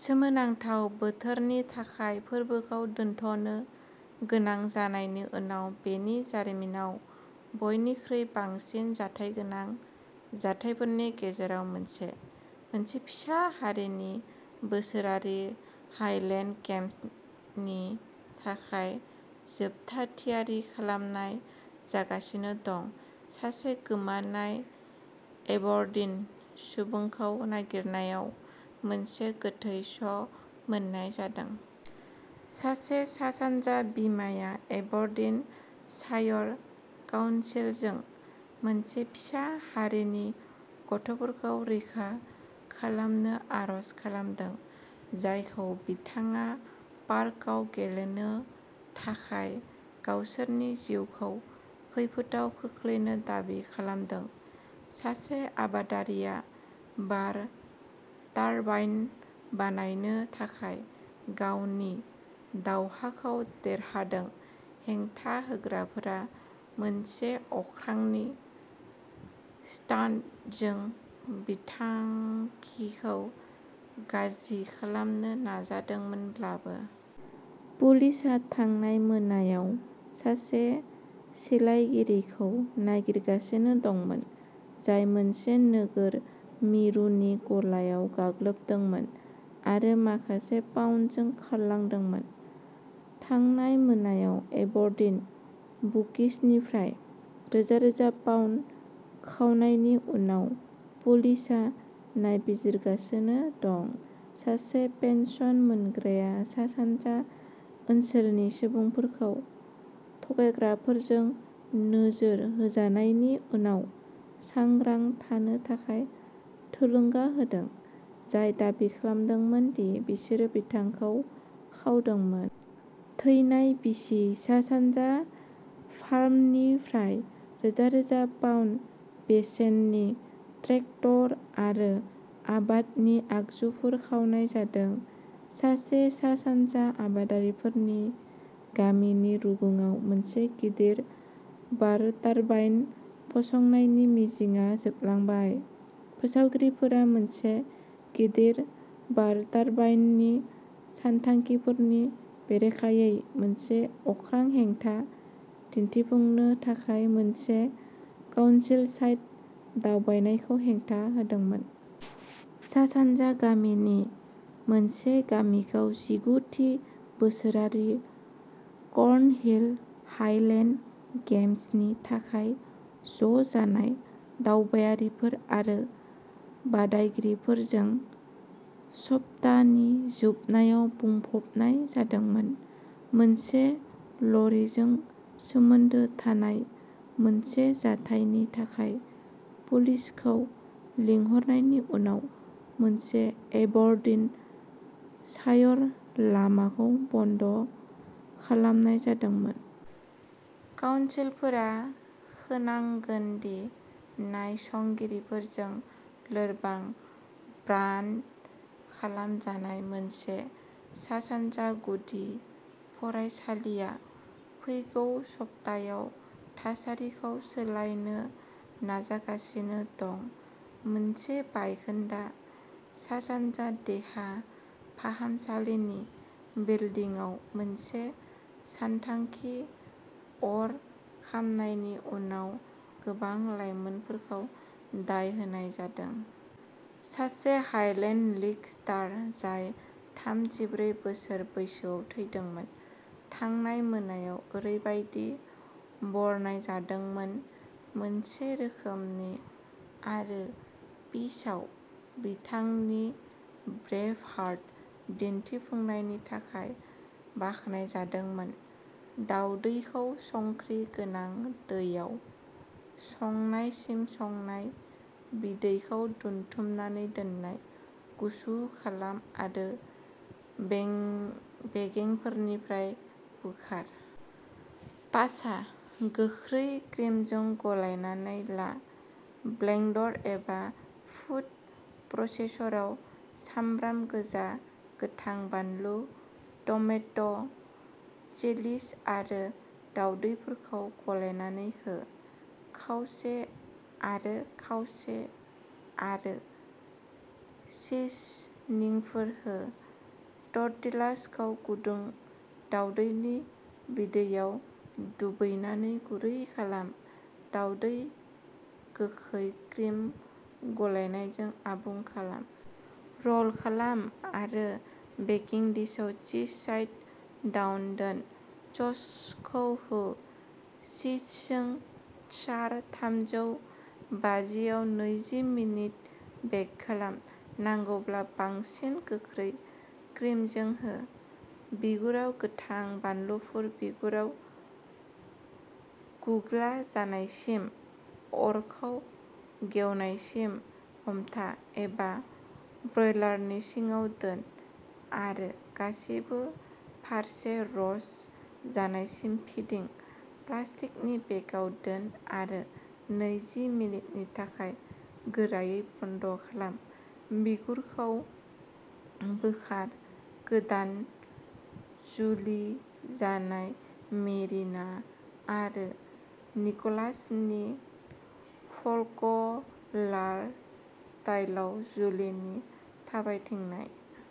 सोमोनांथाव बोथोरनि थाखाय फोरबोखौ दोनथ’नो गोनां जानायनि उनाव बेनि जारिमिनाव बयनिख्रुइ बांसिन जाथायगोनां जाथायफोरनि गेजेराव मोनसे। मोनसे फिसा हारिनि बोसोरारि हाइलेन्ड गेम्सनि थाखाय जोबथा थियारि खालामनाय जागासिनो दं। सासे गोमानाय एबरडीन सुबुंखौ नागिरनायाव मोनसे गोथै सह' मोननाय जादों। सासे सा-सानजा बिमाया एबरडीन शायर काउन्सिलजों मोनसे फिसा हारिनि गथ'फोरखौ रैखा खालामनो आर'ज खालामदों, जायखौ बिथाङा पार्कआव गेलेनो थाखाय गावसोरनि जिउखौ खैफोदआव खोख्लैनो दाबि खालामदों। सासे आबादारिया बार टारबाइन बानायनो थाखाय गावनि दावहाखौ देरहादों हेंथा होग्राफोरा मोनसे अख्रांनि स्टान्टजों बिथांखिखौ गाज्रि खालामनो नाजादोंमोनब्लाबो। पुलिसआ थांनाय मोनायाव सासे सिलायगिरिखौ नागिरगासिनो दंमोन, जाय मोनसे नोगोर मिरुनि गलायाव गाग्लोबदोंमोन आरो माखासे पाउन्दजों खारलांदोंमोन। थांनाय मोनायाव एबरडीन बुकिसनिफ्राय रोजा रोजा पाउन्द खावनायनि उनाव पुलिसआ नायबिजिरगासिनो दं। सासे पेन्सन मोनग्राया सा-सानजा ओनसोलनि सुबुंफोरखौ थगायग्राफोरजों नोजोर होजानायनि उनाव सांग्रां थानो थाखाय थुलुंगा होदों जाय दाबि खालामदोंमोन दि बिसोरो बिथांखौ खावदोंमोन। थैनाय बिसि। सा-सानजा फार्मनिफ्राय रोजा रोजा पाउन्द बेसेननि ट्रेक्टर आरो आबादनि आगजुफोर खावनाय जादों। सासे सा-सानजा आबादारिफोरनि गामिनि रुगुङाव मोनसे गिदिर बार टारबाइन फसंनायनि मिजिंआ जोबलांबाय। फोसावगिरिफोरा मोनसे गिदिर बार टारबाइननि सानथांखिफोरनि बेरेखायै मोनसे अख्रां हेंथा दिन्थिफुंनो थाखाय मोनसे काउनसिल साइट दावबायनायखौ हेंथा होदोंमोन। सा-सानजा गामिनि मोनसे गामिखौ जिगु थि बोसोरारि कर्नहिल हाइलेन्ड गेम्सनि थाखाय ज'जानाय दावबायारिफोर आरो बादायगिरिफोरजों सप्ताहनि जोबनायाव बुंफबनाय जादोंमोन। मोनसे ल'रिजों सोमोन्दो थानाय मोनसे जाथायनि थाखाय पुलिसखौ लिंहरनायनि उनाव मोनसे एबरडिन शायर लामाखौ बन्द खालामनाय जादोंमोन। काउनसिलरफोरा खोनांगोन दि नायसंगिरिफोरजों लोरबां ब्रान्द खालामजानाय मोनसे सा-सानजा गुदि फरायसालिआ फैगौ सप्तायाव थासारिखौ सोलायनो नाजागासिनो दं। मोनसे बायखोन्दा सा-सानजा देहा फाहामसालिनि बिल्दिंआव मोनसे सानथांखि अर खामनायनि उनाव गोबां लाइमोनफोरखौ दाय होनाय जादों। सासे हाइलेन्ड लिग स्टार, जाय थामजिब्रै बोसोर बैसोआव थैदोंमोन थांनाय मोनायाव ओरैबायदि बरनायजादोंमोन। मोनसे रोखोमनि आरो पिचआव बिथांनि ब्रेभहार्ट दिन्थिफुंनायनि थाखाय बाख्नायजादोंमोन। दावदैखौ संख्रि गोनां दैयाव संनायसिम संनाय, बिदैखौ दोन्थुमनानै दोननाय। गुसु खालाम आरो बेगेंफोरनिफ्राय बोखार। पासा। गोखै क्रिमजों गलायनानै ला ब्लेंडर एबा फुद प्रसेसराव सामब्राम गोजा, गोथां बानलु, टमेटिलस, चिलिज आरो दावदैफोरखौ गलायनानै हो। खावसे आरो खावसे आरो सिजनिंफोर हो। टर्टिलासखौ गुदुं दावदैनि बिदैआव दोबैनानै गुरै खालाम। दावदै गोखै क्रिम गलायनायजों आबुं खालाम। र'ल खालाम आरो बेकिंग डिशआव सिम साइड डाउन दोन। ससखौ हो। चीजजों सार थामजौ बाजि आव नैजि मिनिट बेक खालाम। नांगौब्ला बांसिन गोखै क्रिमजों हो। बिगुराव गोथां बानलुफोर बिगुराव गुग्ला जानायसिम अरखौ गेवनायसिम हमथा, एबा ब्रयलारनि सिङाव दोन आरो गासिबो फारसे र'स्ट जानायसिम फिदिं प्लास्टिकनि बेगआव दोन आरो नैजि मिनिटनि थाखाय गोरायै बन्द खालाम बिगुरखौ बोखार गोदान जुलि जानाय मेरिना आरो निकलासनि फल्क'लार स्टाइलआव जुलिनि थाबायथिंनाय।